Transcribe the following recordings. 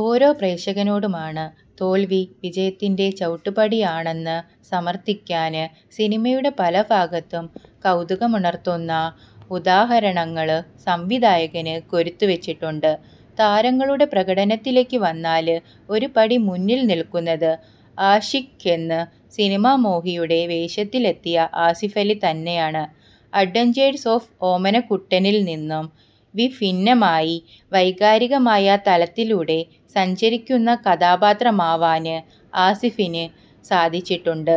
ഓരോ പ്രേക്ഷകനോടുമാണ്. തോൽവി വിജയത്തിന്റെ ചവിട്ടുപടിയാണെന്ന് സമർഥിക്കാൻ സിനിമയുടെ പലഭാഗത്തും കൗതുകമുണർത്തുന്ന ഉദാഹരണങ്ങൾ സംവിധായകന് കൊരുത്തുവച്ചിട്ടുണ്ട്. താരങ്ങളുടെ പ്രകടനത്തിലേക്ക് വന്നാല് ഒരുപടി മുന്നിൽ നിൽ ക്കുന്നത് ആഷിക് എന്ന് സിനിമാമോഹിയുടെ വേഷത്തിലെത്തിയ ആസിഫ് അലി തന്നെയാണ്. അഡ്വെഞ്ചേഴ്സ് ഓഫ് ഓമനക്കുട്ടനില് നിന്നും വിഭിന്നമായി വൈകാരികമായ തലത്തിലൂടെ സഞ്ചരിക്കുന്ന കഥാപാത്രമാവാൻ ആസിഫിന് സാധിച്ചിട്ടുണ്ട്.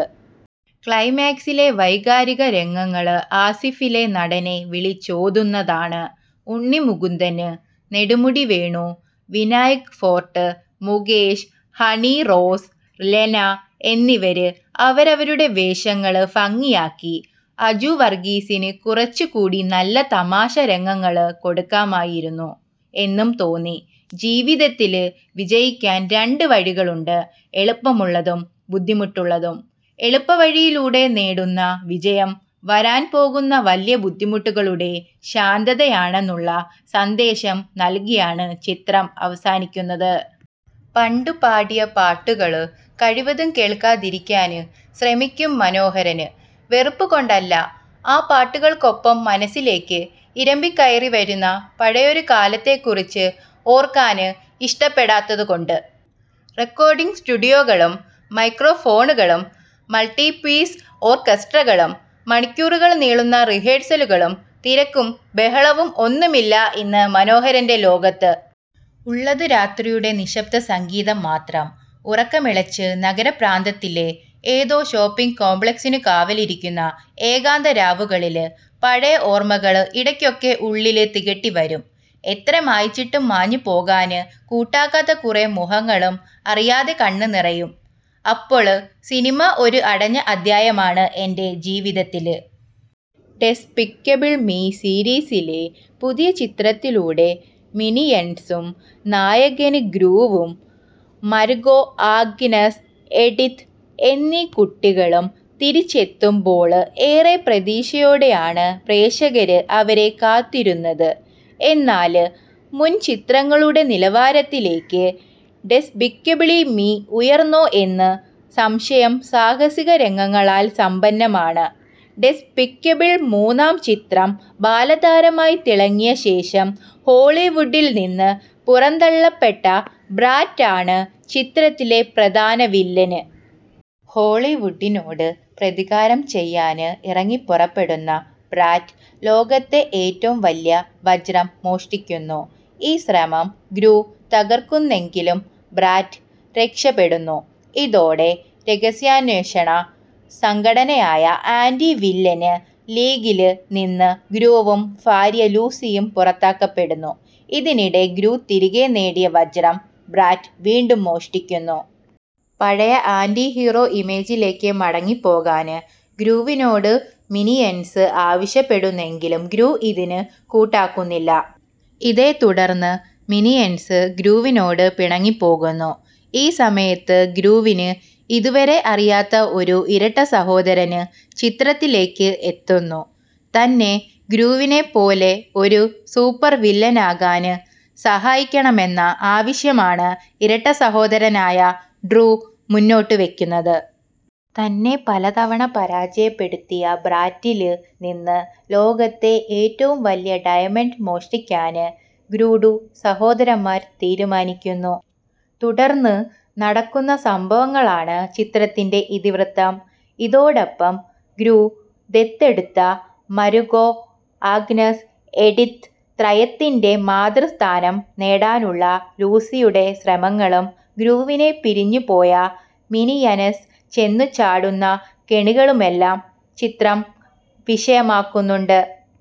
ക്ലൈമാക്സിലെ വൈകാരിക രംഗങ്ങള് ആസിഫിലെ നടനെ വിളിച്ചോതുന്നതാണ്. ഉണ്ണി മുകുന്ദന്, നെടുമുടി വേണു, വിനയ്ഫോർട്ട്, മുകേഷ്, ഹണിറോസ്, ലെന എന്നിവര് അവരവരുടെ വേഷങ്ങള് ഭംഗിയാക്കി. അജു വർഗീസിന് കുറച്ചുകൂടി നല്ല തമാശരംഗങ്ങള് കൊടുക്കാമായിരുന്നു എന്നു തോന്നി. ജീവിതത്തില് വിജയിക്കാന് രണ്ട് വഴികളുണ്ട്. എളുപ്പമുള്ളതും ബുദ്ധിമുട്ടുള്ളതും. എളുപ്പവഴിയിലൂടെ നേടുന്ന വിജയം വരാന് പോകുന്ന വലിയ ബുദ്ധിമുട്ടുകളുടെ ശാന്തതയാണെന്നുള്ള സന്ദേശം നൽകിയാണ് ചിത്രം അവസാനിക്കുന്നത്. പണ്ട് പാടിയ പാട്ടുകള് കഴിവതും കേള്ക്കാതിരിക്കാന് ശ്രമിക്കും മനോഹരന്. വെറുപ്പ് കൊണ്ടല്ല; ആ പാട്ടുകൾക്കൊപ്പം മനസ്സിലേക്ക് ഇരമ്പിക്കയറിവരുന്ന പഴയൊരു കാലത്തെ കുറിച്ച് ഓർക്കാന് ഇഷ്ടപ്പെടാത്തത് കൊണ്ട്. റെക്കോർഡിംഗ് സ്റ്റുഡിയോകളും മൈക്രോഫോണുകളും മൾട്ടി പീസ് ഓർക്കസ്ട്രകളും മണിക്കൂറുകള് നീളുന്ന റിഹേഴ്സലുകളും തിരക്കും ബഹളവും ഒന്നുമില്ല ഇന്ന് മനോഹരന്റെ ലോകത്ത്. ഉള്ളത് രാത്രിയുടെ നിശബ്ദസംഗീതം മാത്രം. ഉറക്കമിളച്ച്, നഗരപ്രാന്തത്തിലെ ഏതോ ഷോപ്പിംഗ് കോംപ്ലക്സിനു കാവലിരിക്കുന്ന ഏകാന്ത രാവുകളില് പഴയ ഓർമ്മകള് ഇടയ്ക്കൊക്കെ ഉള്ളില് തികട്ടി വരും; എത്ര മായ്ച്ചിട്ടും മാഞ്ഞു പോകാന് കൂട്ടാക്കാത്ത കുറെ മുഖങ്ങളും. അറിയാതെ കണ്ണ് നിറയും അപ്പോള്. ''സിനിമ ഒരു അടഞ്ഞ അധ്യായമാണ് എന്റെ ജീവിതത്തില്. ഡെസ്പിക്കബിള് മി സീരീസിലെ പുതിയ ചിത്രത്തിലൂടെ മിനിയൻസും നായകന് ഗ്രൂവും മാർഗോ, ആഗ്നസ്, എഡിത്ത് എന്നീ കുട്ടികളും തിരിച്ചെത്തുമ്പോള് ഏറെ പ്രതീക്ഷയോടെയാണ് പ്രേക്ഷകര് അവരെ കാത്തിരുന്നത്. എന്നാല്, മുൻ ചിത്രങ്ങളുടെ നിലവാരത്തിലേക്ക് ഡെസ്പിക്കബിള് മി ഉയർന്നോ എന്ന് സംശയം. സാഹസിക രംഗങ്ങളാല് സമ്പന്നമാണ് ഡെസ്പിക്കബിള് മൂന്നാം ചിത്രം. ബാലതാരമായി തിളങ്ങിയ ശേഷം ഹോളിവുഡില് നിന്ന് പുറന്തള്ളപ്പെട്ട ബ്രാറ്റ് ആണ് ചിത്രത്തിലെ പ്രധാനവില്ലന്. ഹോളിവുഡിനോട് പ്രതികാരം ചെയ്യാന് ഇറങ്ങിപ്പുറപ്പെടുന്ന ബ്രാറ്റ് ലോകത്തെ ഏറ്റവും വലിയ വജ്രം മോഷ്ടിക്കുന്നു. ഈ ശ്രമം ഗ്രൂ തകര്ക്കുന്നെങ്കിലും ബ്രാറ്റ് രക്ഷപ്പെടുന്നു. ഇതോടെ രഹസ്യാന്വേഷണ സംഘടനയായ ആന്റി വില്ലന് ലീഗില് നിന്ന് ഗ്രൂവും ഭാര്യ ലൂസിയും പുറത്താക്കപ്പെടുന്നു. ഇതിനിടെ ഗ്രൂ തിരികെ നേടിയ വജ്രം ബ്രാറ്റ് വീണ്ടും മോഷ്ടിക്കുന്നു. പഴയ ആന്റി ഹീറോ ഇമേജിലേക്ക് മടങ്ങിപ്പോകാന് ഗ്രൂവിനോട് മിനിയന്സ് ആവശ്യപ്പെടുന്നെങ്കിലും ഗ്രൂ ഇതിന് കൂട്ടാക്കുന്നില്ല. ഇതേത്തുടര്ന്ന് മിനിയന്സ് ഗ്രൂവിനോട് പിണങ്ങിപ്പോകുന്നു. ഈ സമയത്ത് ഗ്രൂവിന് ഇതുവരെ അറിയാത്ത ഒരു ഇരട്ട സഹോദരന് ചിത്രത്തിലേക്ക് എത്തുന്നു. തന്നെ ഗ്രൂവിനെപ്പോലെ ഒരു സൂപ്പര് വില്ലനാകാന് സഹായിക്കണമെന്ന ആവശ്യമാണ് ഇരട്ട സഹോദരനായ ഡ്രൂ മുന്നോട്ടുവെക്കുന്നത്. തന്നെ പലതവണ പരാജയപ്പെടുത്തിയ ബ്രാറ്റില് നിന്ന് ലോകത്തെ ഏറ്റവും വലിയ ഡയമണ്ട് മോഷ്ടിക്കാന് ഗ്രൂഡ്രൂ സഹോദരന്മാര് തീരുമാനിക്കുന്നു. തുടര്ന്ന് നടക്കുന്ന സംഭവങ്ങളാണ് ചിത്രത്തിന്റെ ഇതിവൃത്തം. ഇതോടൊപ്പം, ഗ്രൂ ദത്തെടുത്ത മാര്ഗോആഗ്നസ്എഡിത്ത് ത്രയത്തിന്റെ മാതൃസ്ഥാനം നേടാനുള്ള ലൂസിയുടെ ശ്രമങ്ങളും ഗ്രൂവിനെ പിരിഞ്ഞുപോയ മിനിയന്സ് ചെന്നുചാടുന്ന കെണികളുമെല്ലാം ചിത്രം വിഷയമാക്കുന്നുണ്ട്.